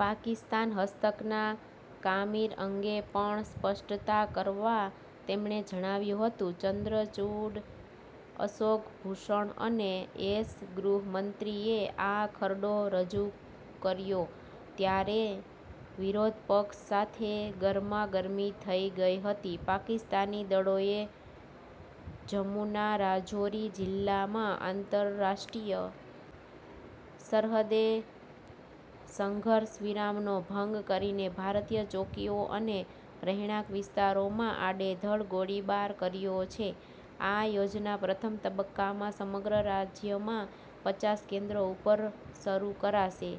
પાકિસ્તાન હસ્તકના કામીર અંગે પણ સ્પષ્ટતા કરવા તેમણે જણાવ્યું હતું ચંદ્રચુડ અશોક ભૂષણ અને એસ ગૃહમંત્રીએ આ ખરડો રજૂ કર્યો ત્યારે વિરોધપક્ષ સાથે ગરમાગરમી થઇ ગઇ હતી પાકિસ્તાની દળોએ જમુના રાજૌરી જિલ્લામાં આંતરરાષ્ટ્રીય સરહદે સંઘર્ષ વિરામનો ભંગ કરીને ભારતીય ચોકીઓ અને રહેણાંક વિસ્તારોમાં આડેધડ ગોળીબાર કર્યો છે આ યોજના પ્રથમ તબક્કામાં સમગ્ર રાજ્યમાં પચાસ કેન્દ્રો ઉપર શરૂ કરાશે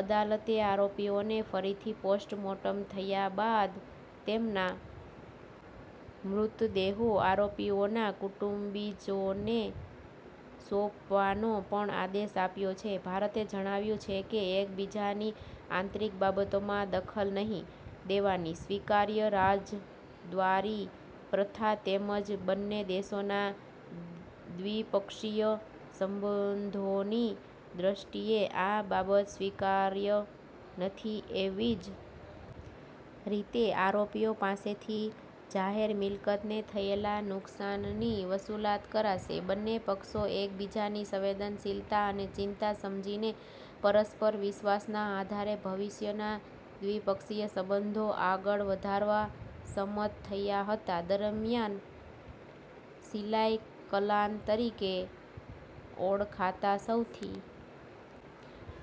અદાલતે આરોપીઓને ફરીથી પોસ્ટ મોર્ટમ થયા બાદ તેમના મૃતદેહો આરોપીઓના કુટુંબીજનોને સોંપવાનો પણ આદેશ આપ્યો છે ભારતે જણાવ્યું છે કે એકબીજાની આંતરિક બાબતોમાં દખલ નહીં દેવાની સ્વીકાર્ય રાજદ્વારી પ્રથા તેમજ બંને દેશોના દ્વિપક્ષીય સંબંધોની દ્રષ્ટિએ આ બાબત સ્વીકાર્ય નથી એવી જ રીતે આરોપીઓ પાસેથી જાહેર મિલકતને થયેલા નુકસાનની વસૂલાત કરાશે બંને પક્ષો એકબીજાની સંવેદનશીલતા અને ચિંતા સમજીને પરસ્પર વિશ્વાસના આધારે ભવિષ્યના દ્વિપક્ષીય સંબંધો આગળ વધારવા સંમત થયા હતા દરમ્યાન સિલાઇ કલાન તરીકે ઓળખાતા સૌથી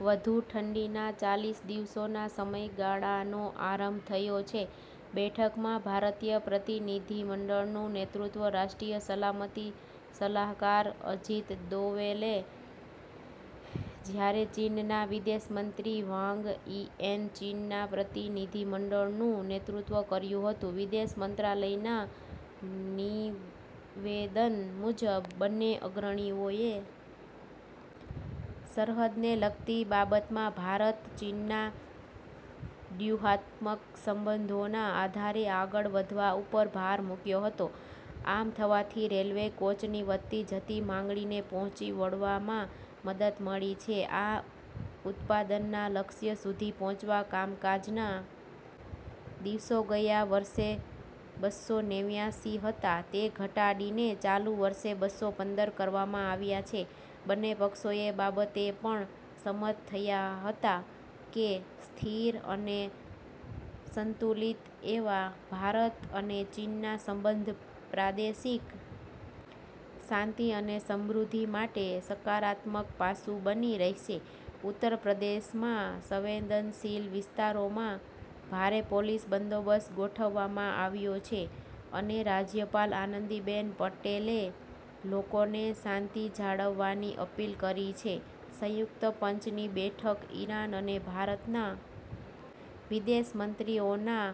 વધુ ઠંડીના ચાલીસ દિવસોના સમયગાળાનો આરંભ થયો છે બેઠકમાં ભારતીય પ્રતિનિધિમંડળનું નેતૃત્વ રાષ્ટ્રીય સલામતી સલાહકાર અજીત દોવલે જ્યારે ચીનના વિદેશમંત્રી વાંગ યીએ ચીનના પ્રતિનિધિમંડળનું નેતૃત્વ કર્યું હતું વિદેશ મંત્રાલયના નિવેદન મુજબ બંને અગ્રણીઓએ સરહદને લગતી બાબતમાં ભારત અને ચીનના ડ્યૂહાત્મક સંબંધોના આધારે આગળ વધવા ઉપર ભાર મૂક્યો હતો આમ થવાથી રેલવે કોચની વધતી જતી માંગણીને પહોંચી વળવામાં મદદ મળી છે આ ઉત્પાદનના લક્ષ્ય સુધી પહોંચવા કામકાજના દિવસો ગયા વર્ષે બસ્સો નેવ્યાસી હતા તે ઘટાડીને ચાલુ વર્ષે બસ્સો પંદર કરવામાં આવ્યા છે બંને પક્ષો એ બાબતે પણ સંમત થયા હતા કે સ્થિર અને સંતુલિત એવા ભારત અને ચીનના સંબંધ પ્રાદેશિક શાંતિ અને સમૃદ્ધિ માટે સકારાત્મક પાસુ બની રહેશે ઉત્તરપ્રદેશમાં સંવેદનશીલ વિસ્તારોમાં ભારે પોલીસ બંદોબસ્ત ગોઠવવામાં આવ્યો છે અને રાજ્યપાલ આનંદીબેન પટેલે લોકોને શાંતિ જાળવવાની અપીલ કરી છે સંયુક્ત પંચની બેઠક ઇરાન અને ભારતના વિદેશમંત્રીઓના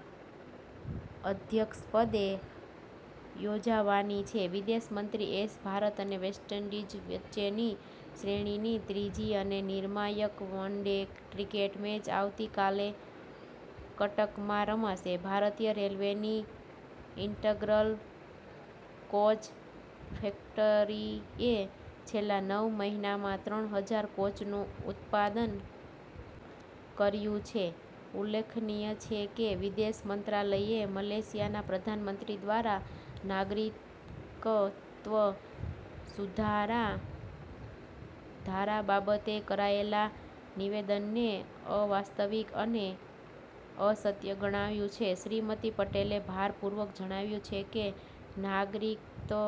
અધ્યક્ષપદે યોજાવાની છે વિદેશમંત્રી એસ ભારત અને વેસ્ટઇન્ડિઝ વચ્ચેની શ્રેણીની ત્રીજી અને નિર્ણાયક વન ડે ક્રિકેટ મેચ આવતીકાલે કટકમાં રમાશે ભારતીય રેલવેની ઇન્ટગ્રલ કોચ ફેક્ટરીએ છેલ્લા નવ મહિનામાં ત્રણ હજાર કોચનું ઉત્પાદન કર્યું છે ઉલ્લેખનીય છે કે વિદેશ મંત્રાલયે મલેશિયાના પ્રધાનમંત્રી દ્વારા નાગરિકત્વ સુધારા ધારા બાબતે કરાયેલા નિવેદનને અવાસ્તવિક અને અસત્ય ગણાવ્યું છે શ્રીમતી પટેલે ભારપૂર્વક જણાવ્યું છે કે નાગરિકત્વ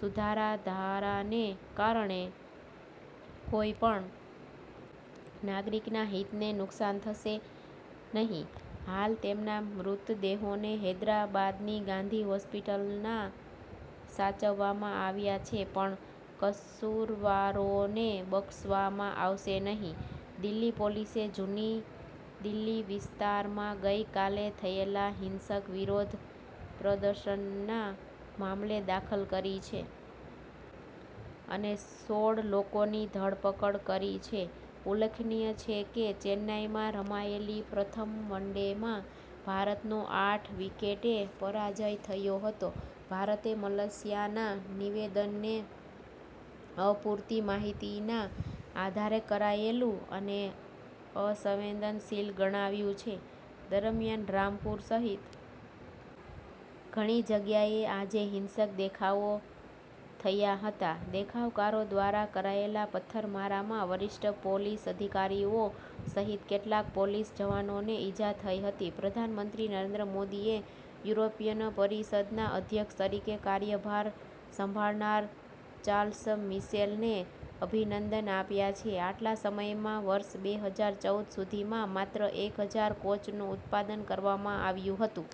સુધારા ધારાને કારણે કોઇ પણ નાગરિકના હિતને નુકસાન થશે નહીં હાલ તેમના મૃતદેહોને હૈદરાબાદની ગાંધી હોસ્પિટલના સાચવવામાં આવ્યા છે પણ કસૂરવારોને બક્ષવામાં આવશે નહીં દિલ્હી પોલીસે જુની દિલ્હી વિસ્તારમાં ગઇકાલે થયેલા હિંસક વિરોધ પ્રદર્શનના મામલે દાખલ કરી છે અને સોળ લોકોની ધરપકડ કરી છે ઉલ્લેખનીય છે કે ચેન્નાઇમાં રમાયેલી પ્રથમ વનડેમાં ભારતનો આઠ વિકેટે પરાજય થયો હતો ભારતે મલેશિયાના નિવેદનને અપૂરતી માહિતીના આધારે કરાયેલું અને અસંવેદનશીલ ગણાવ્યું છે દરમ્યાન રામપુર સહિત ઘણી જગ્યાએ આજે હિંસક દેખાવો થયા હતા દેખાવકારો દ્વારા કરાયેલા પથ્થરમારામાં વરિષ્ઠ પોલીસ અધિકારીઓ સહીત કેટલાક પોલીસ જવાનોને ઇજા થઇ હતી પ્રધાનમંત્રી નરેન્દ્ર મોદીએ યુરોપિયન પરિષદના અધ્યક્ષ તરીકે કાર્યભાર સંભાળનાર ચાર્લ્સ મિશેલને અભિનંદન આપ્યા છે આટલા સમયમાં વર્ષ બે હજાર ચૌદ સુધીમાં માત્ર એક હજાર કોચનું ઉત્પાદન કરવામાં આવ્યું હતું।